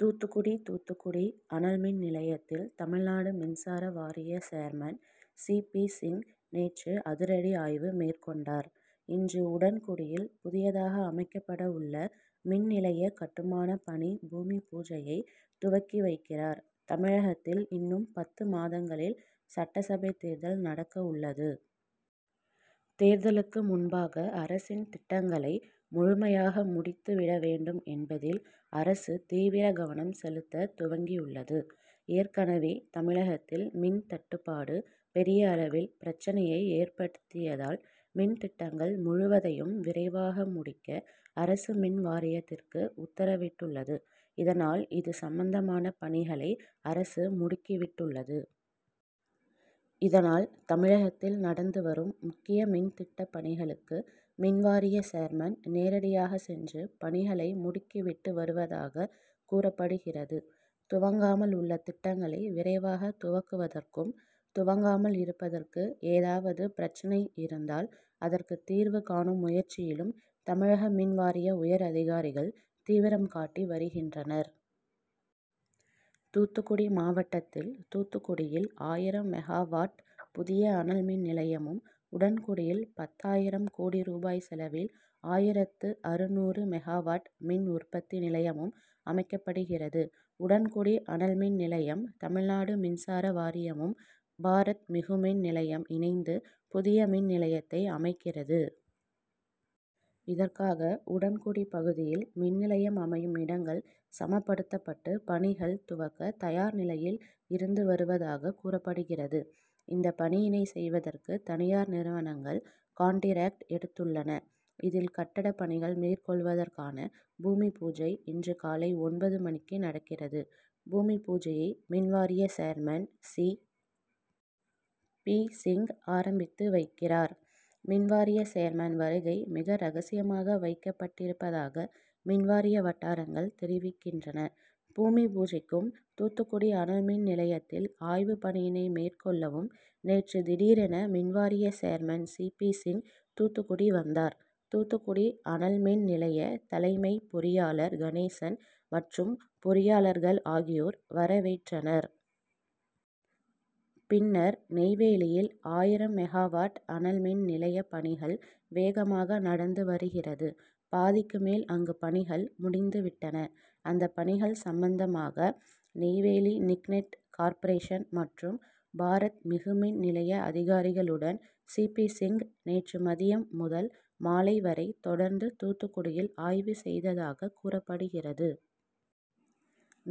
தூத்துக்குடி தூத்துக்குடி அனல்மின் நிலையத்தில் தமிழ்நாடு மின்சார வாரிய சேர்மன் சிபிசிங் நேற்று அதிரடி ஆய்வு மேற்கொண்டார். இன்று உடன்குடியில் புதியதாக அமைக்கப்பட உள்ள மின் நிலைய கட்டுமான பணி பூமிபூஜையை துவக்கி வைக்கிறார். தமிழகத்தில் இன்னும் பத்து மாதங்களில் சட்டசபை தேர்தல் நடக்க உள்ளது. தேர்தலுக்கு முன்பாக அரசின் திட்டங்களை முழுமையாக முடித்து விட வேண்டும் என்பதில் அரசு தீவிர கவனம் செலுத்த துவங்கியுள்ளது. ஏற்கனவே தமிழகத்தில் மின் தட்டுப்பாடு பெரிய அளவில் பிரச்சனையை ஏற்படுத்தியதால் மின் திட்டங்கள் முழுவதையும் விரைவாக முடிக்க அரசு மின்வாரியத்திற்கு உத்தரவிட்டுள்ளது. இதனால் இது சம்பந்தமான பணிகளை அரசு முடுக்கி விட்டுள்ளது. இதனால் தமிழகத்தில் நடந்து வரும் முக்கிய மின் திட்ட பணிகளுக்கு மின்வாரிய சேர்மன் நேரடியாக சென்று பணிகளை முடுக்கி விட்டு வருவதாக கூறப்படுகிறது. துவங்காமல் உள்ள திட்டங்களை விரைவாக துவக்குவதற்கும், துவங்காமல் இருப்பதற்கு ஏதாவது பிரச்னை இருந்தால் அதற்கு தீர்வு காணும் முயற்சியிலும் தமிழக மின் வாரிய உயர் அதிகாரிகள் தீவிரம் காட்டி வருகின்றனர். தூத்துக்குடி மாவட்டத்தில் தூத்துக்குடியில் ஆயிரம் மெகாவாட் புதிய அனல் மின் நிலையமும், உடன்குடியில் பத்தாயிரம் கோடி ரூபாய் செலவில் ஆயிரத்து அறுநூறு மெகாவாட் மின் உற்பத்தி நிலையமும் அமைக்கப்படுகிறது. உடன்குடி அனல்மின் நிலையம் தமிழ்நாடு மின்சார வாரியமும், பாரத் மிகுமின் நிலையம் இணைந்து புதிய மின் நிலையத்தை அமைக்கிறது. இதற்காக உடன்குடி பகுதியில் மின் நிலையம் அமையும் இடங்கள் சமப்படுத்தப்பட்டு பணிகள் துவக்க தயார் நிலையில் இருந்து வருவதாக கூறப்படுகிறது. இந்த பணியினை செய்வதற்கு தனியார் நிறுவனங்கள் காண்டிரேக்ட் எடுத்துள்ளன. இதில் கட்டட பணிகள் மேற்கொள்வதற்கான பூமிபூஜை இன்று காலை ஒன்பது மணிக்கு நடக்கிறது. பூமிபூஜையை மின்வாரிய சேர்மன் சி. பி. சிங் ஆரம்பித்து வைக்கிறார். மின்வாரிய சேர்மன் வருகை மிக ரகசியமாக வைக்கப்பட்டிருப்பதாக மின்வாரிய வட்டாரங்கள் தெரிவிக்கின்றன. பூமிபூஜைக்கும், தூத்துக்குடி அனல்மின் நிலையத்தில் ஆய்வு பணியினை மேற்கொள்ளவும் நேற்று திடீரென மின்வாரிய சேர்மன் சிபிசிங் தூத்துக்குடி வந்தார். தூத்துக்குடி அனல்மின் நிலைய தலைமை பொறியாளர் கணேசன் மற்றும் பொறியாளர்கள் ஆகியோர் வரவேற்றனர். பின்னர் நெய்வேலியில் ஆயிரம் மெகாவாட் அனல்மின் நிலைய பணிகள் வேகமாக நடந்து வருகிறது. பாதிக்கு மேல் அங்கு பணிகள் முடிந்து விட்டன. அந்த பணிகள் சம்பந்தமாக நெய்வேலி நிக்நெட் கார்ப்ரேஷன் மற்றும் பாரத் மிகு மின் நிலைய அதிகாரிகளுடன் சிபிசிங் நேற்று மதியம் முதல் மாலை வரை தொடர்ந்து தூத்துக்குடியில் ஆய்வு செய்ததாக கூறப்படுகிறது.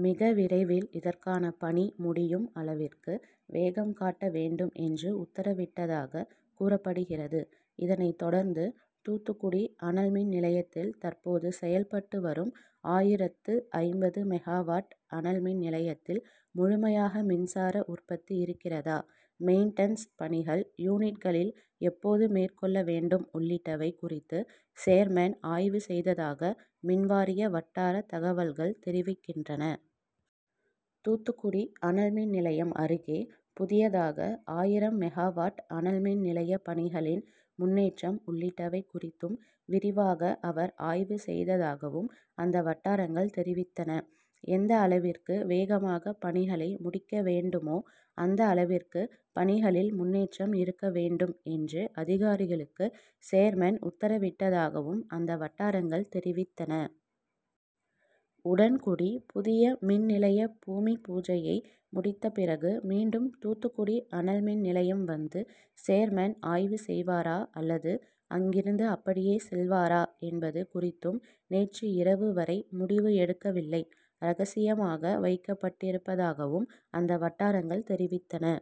மிக விரைவில் இதற்கான பணி முடியும் அளவிற்கு வேகம் காட்ட வேண்டும் என்று உத்தரவிட்டதாக கூறப்படுகிறது. இதனை தொடர்ந்து தூத்துக்குடி அனல்மின்நிலையத்தில் தற்போது செயல்பட்டு வரும் ஆயிரத்து ஐம்பது மெகாவாட் அனல்மின் நிலையத்தில் முழுமையாக மின்சார உற்பத்தி இருக்கிறதா, மெயின்டன்ஸ் பணிகள் யூனிட்களில் எப்போது மேற்கொள்ள வேண்டும் உள்ளிட்டவை குறித்து சேர்மன் ஆய்வு செய்ததாக மின்வாரிய வட்டார தகவல்கள் தெரிவிக்கின்றன. தூத்துக்குடி அனல்மின் நிலையம் அருகே புதியதாக ஆயிரம் மெகாவாட் அனல்மின் நிலைய பணிகளின் முன்னேற்றம் உள்ளிட்டவை குறித்தும் விரிவாக அவர் ஆய்வு செய்ததாகவும் அந்த வட்டாரங்கள் தெரிவித்தன. எந்த அளவிற்கு வேகமாக பணிகளை முடிக்க வேண்டுமோ அந்த அளவிற்கு பணிகளில் முன்னேற்றம் இருக்க வேண்டும் என்று அதிகாரிகளுக்கு சேர்மன் உத்தரவிட்டதாகவும் அந்த வட்டாரங்கள் தெரிவித்தன. உடன்குடி புதிய மின் நிலைய பூமிபூஜையை முடித்த பிறகு மீண்டும் தூத்துக்குடி அனல்மின் நிலையம் வந்து சேர்மேன் ஆய்வு செய்வாரா அல்லது அங்கிருந்து அப்படியே செல்வாரா என்பது குறித்தும் நேற்று இரவு வரை முடிவு எடுக்கவில்லை. ரகசியமாக வைக்கப்பட்டிருப்பதாகவும் அந்த வட்டாரங்கள் தெரிவித்தன.